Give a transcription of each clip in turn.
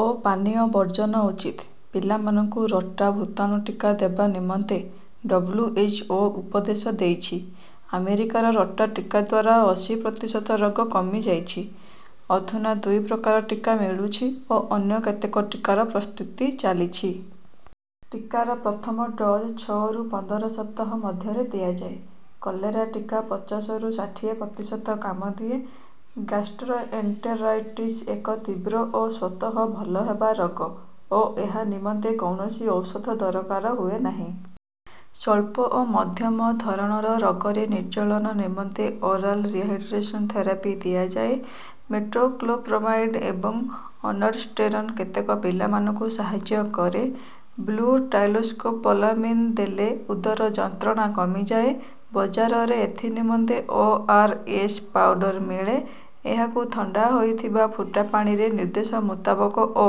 ଓ ପାନୀୟ ବର୍ଜନ ଉଚିତ। ପିଲାମାନଙ୍କୁ ରୋଟା ଭୁତାଣୁ ଟୀକା ଦେବା ନିମନ୍ତେ ଡବ୍ଲ୍ୟୁ. ଏଚ୍. ଓ. ଉପଦେଶ ଦେଇଛି। ଆମେରିକାର ରୋଟା ଟୀକାଦ୍ୱାରା ଅଶି ପ୍ରତିଶତ ରୋଗ କମି ଯାଇଛି। ଅଧୁନା ଦୁଇ ପ୍ରକାର ଟୀକା ମିଳୁଛି ଓ ଅନ୍ୟ କେତେକ ଟୀକାର ପ୍ରସ୍ତୁତି ଚାଲିଛି। ଟୀକାର ପ୍ରଥମ ଡୋଜ ଛଅ ରୁ ପନ୍ଦର ସପ୍ତାହ ମଧ୍ୟରେ ଦିଆଯାଏ। କଲେରା ଟୀକା ପଚାଶ ରୁ ଷାଠିଏ ପ୍ରତିଶତ କାମ ଦିଏ। ଗ୍ଯାସ୍ଟ୍ରୋଏଣ୍ଟେରାଇଟିସ୍ ଏକ ତୀବ୍ର ଓ ସ୍ୱତଃ ଭଲ ହେବା ରୋଗ ଓ ଏହା ନିମନ୍ତେ କୌଣସି ଔଷଧ ଦରକାର ହୁଏ ନାହିଁ। ସ୍ୱଳ୍ପ ଓ ମଧ୍ୟମ ଧରଣର ରୋଗରେ ନିର୍ଜଳନ ନିମନ୍ତେ ଓରାଲ ରିହାଡ୍ରେସନ ଥେରାପି ଦିଆଯାଏ। ମେଟୋକ୍ଲୋପ୍ରମାଇଡ୍ ଏବଂ ଓନ୍ଡାନସ୍ଟେରନ କେତେକ ପିଲାମାନଙ୍କୁ ସାହଯ୍ୟ କରେ। ବ୍ୟୁଟାଇଲ୍ସ୍କୋପୋଲାମିନ୍ ଦେଲେ ଉଦର ଯନ୍ତ୍ରଣା କମିଯାଏ। ବଜାରରେ ଏଥି ନିମନ୍ତେ ଓ. ଆର. ଏସ୍. ପାଉଡର ମିଳେ। ଏହାକୁ ଥଣ୍ଡା ହୋଇଥିବା ଫୁଟା ପାଣିରେ ନିର୍ଦ୍ଦେଶ ମୁତାବକ ଓ.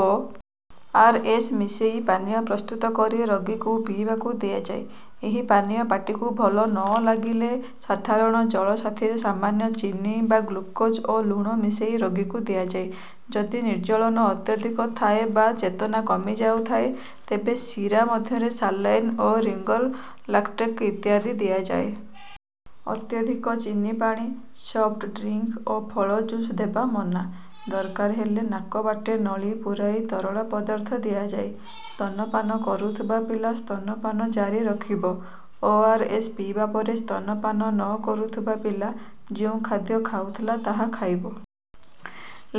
ଆର୍. ଏସ୍. ମିଶେଇ ପାନୀୟ ପ୍ରସ୍ତୁତ କରି ରୋଗୀକୁ ପିଇବାକୁ ଦିଆଯାଏ। ଏହି ପାନୀୟ ପାଟିକୁ ଭଲ ନ ଲାଗିଲେ ସାଧାରଣ ଜଳ ସାଥିରେ ସାମାନ୍ୟ ଚିନି ବା ଗ୍ଲୁକୋଜ ଓ ଲୁଣ ମିଶେଇ ରୋଗୀକୁ ଦିଆଯାଏ। ଯଦି ନିର୍ଜଳନ ଅତ୍ୟଧିକ ଥାଏ ବା ଚେତନା କମି ଯାଉଥାଏ ତେବେ ଶୀରା ମଧ୍ୟରେ ସାଲାଇନ୍ ଓ ରିଙ୍ଗର ଲାକ୍ଟେଟ ଇତ୍ୟାଦି ଦିଆଯାଏ। ଅତ୍ୟଧିକ ଚିନି ପାଣି, ସଫ୍ଟ ଡ୍ରିଙ୍କ ଓ ଫଳ ଜୁସ ଦେବା ମନା। ଦରକାର ହେଲେ ନାକ ବାଟେ ନଳି ପୁରାଇ ତରଳ ପଦାର୍ଥ ଦିଆଯାଏ। ସ୍ତନ ପାନ କରୁଥିବା ଶିଶୁ ସ୍ତନ ପାନ ଜାରି ରଖିବ। ଓ. ଆର୍. ଏସ୍. ପିଇବା ପରେ ସ୍ତନ ପାନ ନ କରୁଥିବା ପିଲା ଯେଉଁ ଖାଦ୍ୟ ଖାଉଥିଲା ତାହା ଖାଇବ।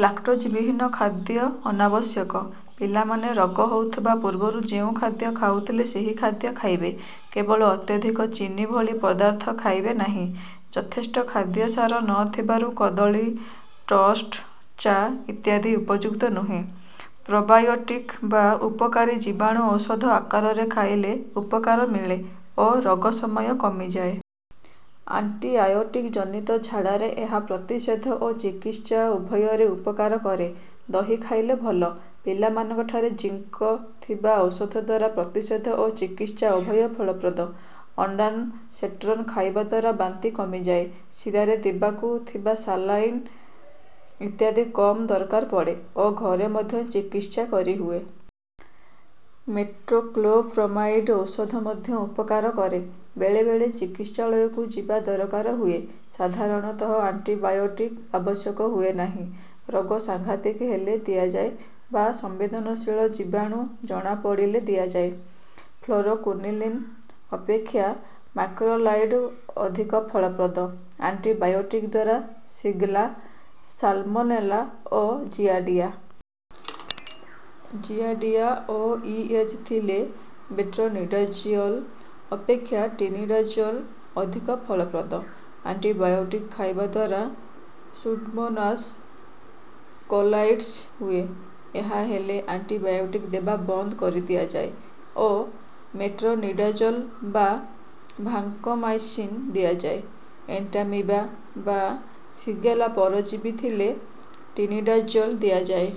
ଲାକ୍ଟୋଜ ବିହୀନ ଖାଦ୍ୟ ଅନାବଶ୍ୟକ। ପିଲାମାନେ ରୋଗ ହେଉଥିବା ପୂର୍ବରୁ ଯେଉଁ ଖାଦ୍ୟ ଖାଉଥିଲେ ସେହି ଖାଦ୍ୟ ଖାଇବେ, କେବଳ ଅତ୍ୟଧିକ ଚିନି ଭଳି ପଦାର୍ଥ ଖାଇବେ ନାହିଁ। ଯଥେଷ୍ଟ ଖାଦ୍ୟ ସାର ନ ଥିବାରୁ କଦଳୀ, ଟୋଷ୍ଟ୍, ଚା ଇତ୍ୟାଦି ଉପଯୁକ୍ତ ନୁହେଁ। ପ୍ରୋବାୟୋଟିକ ବା ଉପକାରୀ ଜୀବାଣୁ ଔଷଧ ଆକାରରେ ଖାଇଲେ ଉପକାର ମିଳେ ଓ ରୋଗ ସମୟ କମିଯାଏ। ଆଣ୍ଟିଆୟୋଟିକ ଜନିତ ଝାଡାରେ ଏହା ପ୍ରତିଷେଧ ଓ ଚିକିତ୍ସା ଉଭୟରେ ଉପକାର କରେ। ଦହି ଖାଇଲେ ଭଲ। ପିଲାମାନଙ୍କଠାରେ ଜିଙ୍କ ଥିବା ଔଷଧଦ୍ୱାରା ପ୍ରତିଷେଧ ଓ ଚିକିତ୍ସା ଉଭୟ ଫଳପ୍ରଦ। ଓଣ୍ଡାନ୍ ସେଟ୍ରନ ଖାଇବାଦ୍ୱାରା ବାନ୍ତି କମିଯାଏ, ଶିରାରେ ଦିବାକୁ ଥିବା ସାଲାଇନ୍ ଇତ୍ୟାଦି କମ୍ ଦରକାର ପଡେ ଓ ଘରେ ମଧ୍ୟ ଚିକିତ୍ସା କରିହୁଏ। ମେଟୋକ୍ଲୋପ୍ରାମାଇଡ୍ ଔଷଧ ମଧ୍ୟ ଉପକାର କରେ। ବେଳେ ବେଳେ ଚିକିତ୍ସାଳୟକୁ ଯିବା ଦରକାର ହୁଏ। ସଧାରଣତଃ ଆଣ୍ଟିବାୟୋଟିକ୍ ଆବଶ୍ୟକ ହୁଏ ନାହିଁ, ରୋଗ ସାଂଘାତିକ ହେଲେ ଦିଆଯାଏ ବା ସମ୍ବେଦନଶୀଳ ଜୀବାଣୁ ଜଣା ପଡ଼ିଲେ ଦିଆଯାଏ। ଫ୍ଲୋରୋକୁନିଲିନ୍ ଅପେକ୍ଷା ମାକ୍ରୋଲାଇଡ ଅଧିକ ଫଳପ୍ରଦ। ଆଣ୍ଟିବାୟୋଟିକଦ୍ୱାରା ସିଗଲା, ସାଲମୋନେଲା ଓ ଜିଆଡିଆ। ଜିଆଡିଆ ଓ ଇ. ଏଚ୍ ଥିଲେ ମେଟ୍ରୋନିଡାଜୋଲ୍ ଅପେକ୍ଷା ଟିନିଡାଜୋଲ୍ ଅଧିକ ଫଳପ୍ରଦ। ଆଣ୍ଟିବାୟୋଟିକ୍ ଖାଇବା ଦ୍ୱାର ସୁଡୋମୋନାସ୍ କୋଲାଇଟିସ୍ ହୁଏ। ଏହା ହେଲେ ଆଣ୍ଟିବାୟୋଟିକ୍ ଦେବା ବନ୍ଦ କରିଦିଆ ଯାଏ ଓ ମେଟ୍ରୋନିଡାଜୋଲ୍ ବା ଭାଙ୍କୋମାଇସିନ୍ ଦିଆଯାଏ। ଏଣ୍ଟାମିବା ବା ସିଗେଲା ପରଜୀବି ଥିଲେ ଟିନିଡାଜୋଲ୍ ଦିଆଯାଏ।